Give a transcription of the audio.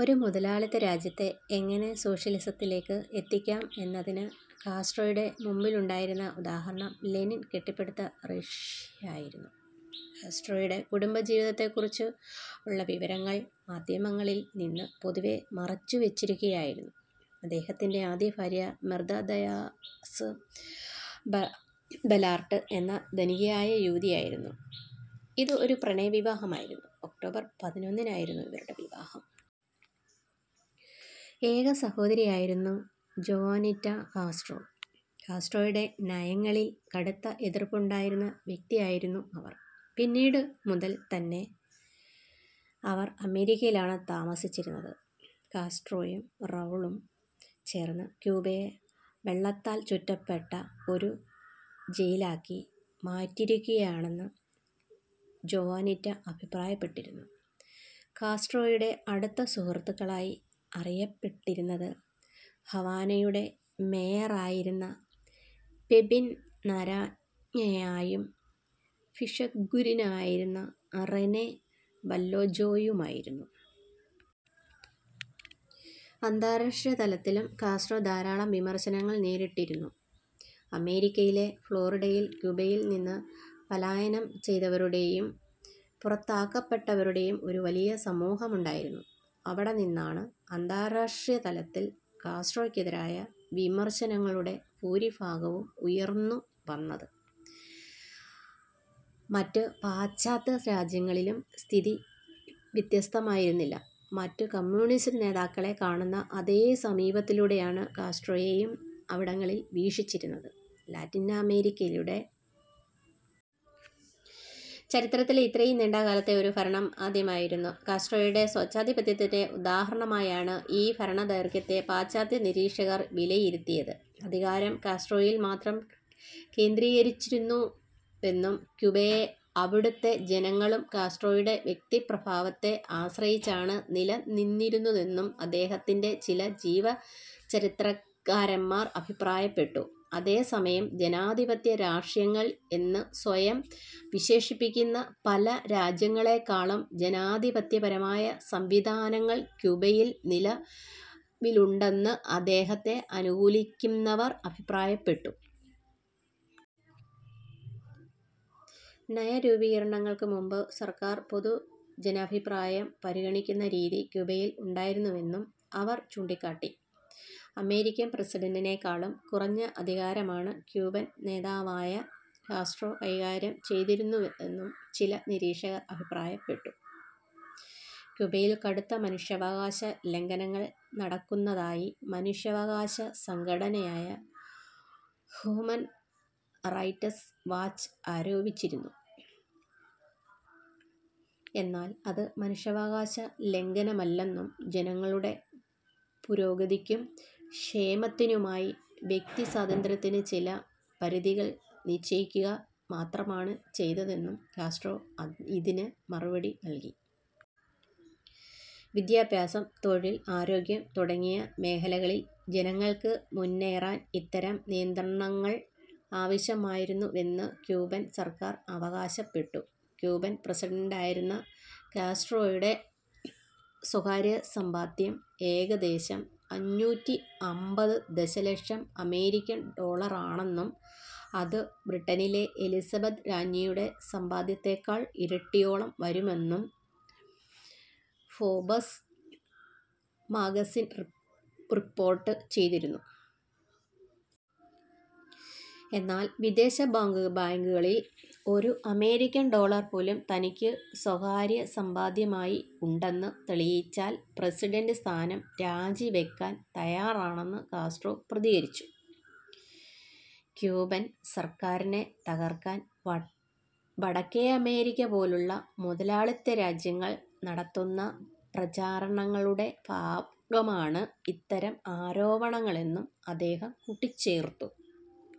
ഒരു മുതലാളിത്ത രാജ്യത്തെ എങ്ങനെ സോഷ്യലിസത്തിലേക്ക് എത്തിക്കാം എന്നതിന് കാസ്ട്രോയുടെ മുമ്പിലുണ്ടായിരുന്ന ഉദാഹരണം ലെനിൻ കെട്ടിപ്പടുത്ത റഷ്യയായിരുന്നു. കാസ്ട്രോയുടെ കുടുംബജീവിതത്തെക്കുറിച്ചുള്ള വിവരങ്ങൾ മാധ്യമങ്ങളിൽ നിന്ന് പൊതുവേ മറച്ചുവെച്ചിരിക്കുകയായിരുന്നു. അദ്ദേഹത്തിൻ്റെ ആദ്യഭാര്യ മിർത ദയാസ് ബലാർട്ട് എന്ന ധനികയായ യുവതിയായിരുന്നു. ഇത് ഒരു പ്രണയവിവാഹമായിരുന്നു. ഒക്ടോബർ പതിനൊന്നിനായിരുന്നു ഇവരുടെ വിവാഹം. ഏക സഹോദരി ആയിരുന്നു ജോവാനിറ്റ കാസ്ട്രോ. കാസ്ട്രോയുടെ നയങ്ങളിൽ കടുത്ത എതിർപ്പുണ്ടായിരുന്ന വ്യക്തിയായിരുന്നു അവർ. പിന്നീട് മുതൽ തന്നെ അവർ അമേരിക്കയിലാണ് താമസിച്ചിരുന്നത്. കാസ്ട്രോയും റൗളും ചേർന്ന് ക്യൂബയെ വെള്ളത്താൽ ചുറ്റപ്പെട്ട ഒരു ജയിലാക്കി മാറ്റിയിരിക്കുകയാണെന്ന് ജോവാനിറ്റ അഭിപ്രായപ്പെട്ടിരുന്നു. കാസ്ട്രോയുടെ അടുത്ത സുഹൃത്തുക്കളായി അറിയപ്പെട്ടിരുന്നത് ഹവാനയുടെ മേയറായിരുന്ന പെപിൻ നരാഞ്ജോയും ഭിഷഗ്വരനായിരുന്ന റെനെ വല്ലേജോയുമായിരുന്നു. അന്താരാഷ്ട്ര തലത്തിലും കാസ്ട്രോ ധാരാളം വിമർശനങ്ങൾ നേരിട്ടിരുന്നു. അമേരിക്കയിലെ ഫ്ലോറിഡയിൽ ക്യൂബയിൽ നിന്ന് പലായനം ചെയ്തവരുടെയും പുറത്താക്കപ്പെട്ടവരുടെയും ഒരു വലിയ സമൂഹമുണ്ടായിരുന്നു. ഇവിടെ നിന്നാണ് അന്താരാഷ്ട്രതലത്തിൽ കാസ്ട്രോക്കെതിരായ വിമർശനങ്ങളുടെ ഭൂരിഭാഗവും ഉയർന്നുവന്നത്. മറ്റ് പാശ്ചാത്യ രാജ്യങ്ങളിലും സ്ഥിതി വ്യത്യസ്തമായിരുന്നില്ല. മറ്റ് കമ്മ്യൂണിസ്റ്റ് നേതാക്കളെ കാണുന്ന അതേ സമീപനത്തിലൂടെയാണ് കാസ്ട്രോയെയും അവിടങ്ങളിൽ വീക്ഷിച്ചിരുന്നത്. ലാറ്റിനമേരിക്കയുടെ ചരിത്രത്തിൽ ഇത്രയും നീണ്ട കാലത്തെ ഒരു ഭരണം ആദ്യമായിരുന്നു. കാസ്ട്രോയുടെ സ്വേച്ഛാധിപത്യത്തിൻ്റെ ഉദാഹരണമായാണ് ഈ ഭരണദൈർഘ്യത്തെ പാശ്ചാത്യ നിരീക്ഷകർ വിലയിരുത്തിയത്. അധികാരം കാസ്ട്രോയിൽ മാത്രം കേന്ദ്രീകരിച്ചിരുന്നുവെന്നും, ക്യൂബയും അവിടുത്തെ ജനങ്ങളും കാസ്ട്രോയുടെ വ്യക്തിപ്രഭാവത്തെ ആശ്രയിച്ചാണ് നിലനിന്നിരുന്നതെന്നും അദ്ദേഹത്തിൻ്റെ ചില ജീവചരിത്രകാരന്മാർ അഭിപ്രായപ്പെട്ടു. അതേസമയം, ജനാധിപത്യ രാഷ്ട്രങ്ങൾ എന്ന് സ്വയം വിശേഷിപ്പിക്കുന്ന പല രാജ്യങ്ങളേക്കാളും ജനാധിപത്യപരമായ സംവിധാനങ്ങൾ ക്യൂബയിൽ നിലവിലുണ്ടെന്ന് അദ്ദേഹത്തെ അനുകൂലിക്കുന്നവർ അഭിപ്രായപ്പെട്ടു. നയരൂപീകരണങ്ങൾക്ക് മുമ്പ് സർക്കാർ പൊതുജനാഭിപ്രായം പരിഗണിക്കുന്ന രീതി ക്യൂബയിൽ ഉണ്ടായിരുന്നുവെന്നും അവർ ചൂണ്ടിക്കാട്ടി. അമേരിക്കൻ പ്രസിഡന്റിനേക്കാളും കുറഞ്ഞ അധികാരമാണ് ക്യൂബൻ നേതാവായ കാസ്ട്രോ കൈകാര്യം ചെയ്തിരുന്നതെന്നും ചില നിരീക്ഷകർ അഭിപ്രായപ്പെട്ടു. ക്യൂബയിൽ കടുത്ത മനുഷ്യാവകാശ ലംഘനങ്ങൾ നടക്കുന്നതായി മനുഷ്യാവകാശ സംഘടനയായ ഹ്യൂമൻ റൈറ്റ്സ് വാച്ച് ആരോപിച്ചിരുന്നു. എന്നാൽ അത് മനുഷ്യാവകാശ ലംഘനമല്ലെന്നും, ജനങ്ങളുടെ പുരോഗതിക്കും ക്ഷേമത്തിനുമായി വ്യക്തിസ്വാതന്ത്ര്യത്തിന് ചില പരിധികൾ നിശ്ചയിക്കുക മാത്രമാണ് ചെയ്തതെന്നും കാസ്ട്രോ ഇതിന് മറുപടി നൽകി. വിദ്യാഭ്യാസം, തൊഴിൽ, ആരോഗ്യം തുടങ്ങിയ മേഖലകളിൽ ജനങ്ങൾക്ക് മുന്നേറാൻ ഇത്തരം നിയന്ത്രണങ്ങൾ ആവശ്യമായിരുന്നുവെന്ന് ക്യൂബൻ സർക്കാർ അവകാശപ്പെട്ടു. ക്യൂബൻ പ്രസിഡന്റായിരുന്ന കാസ്ട്രോയുടെ സ്വകാര്യസമ്പാദ്യം ഏകദേശം അഞ്ഞൂറ്റി അമ്പത് ദശലക്ഷം അമേരിക്കൻ ഡോളറാണെന്നും അത് ബ്രിട്ടനിലെ എലിസബത്ത് രാജ്ഞിയുടെ സമ്പാദ്യത്തേക്കാൾ ഇരട്ടിയോളം വരുമെന്നും ഫോബ്സ് മാഗസിൻ റിപ്പോർട്ട് ചെയ്തിരുന്നു. എന്നാൽ വിദേശ ബാങ്കുകളിൽ ഒരു അമേരിക്കൻ ഡോളർ പോലും തനിക്ക് സ്വകാര്യ സമ്പാദ്യമായി ഉണ്ടെന്ന് തെളിയിച്ചാൽ പ്രസിഡന്റ് സ്ഥാനം രാജിവെക്കാൻ തയ്യാറാണെന്ന് കാസ്ട്രോ പ്രതികരിച്ചു. ക്യൂബൻ സർക്കാരിനെ തകർക്കാൻ വടക്കേ അമേരിക്ക പോലുള്ള മുതലാളിത്ത രാജ്യങ്ങൾ നടത്തുന്ന പ്രചാരണങ്ങളുടെ ഭാഗമാണ് ഇത്തരം ആരോപണങ്ങളെന്നും അദ്ദേഹം കൂട്ടിച്ചേർത്തു.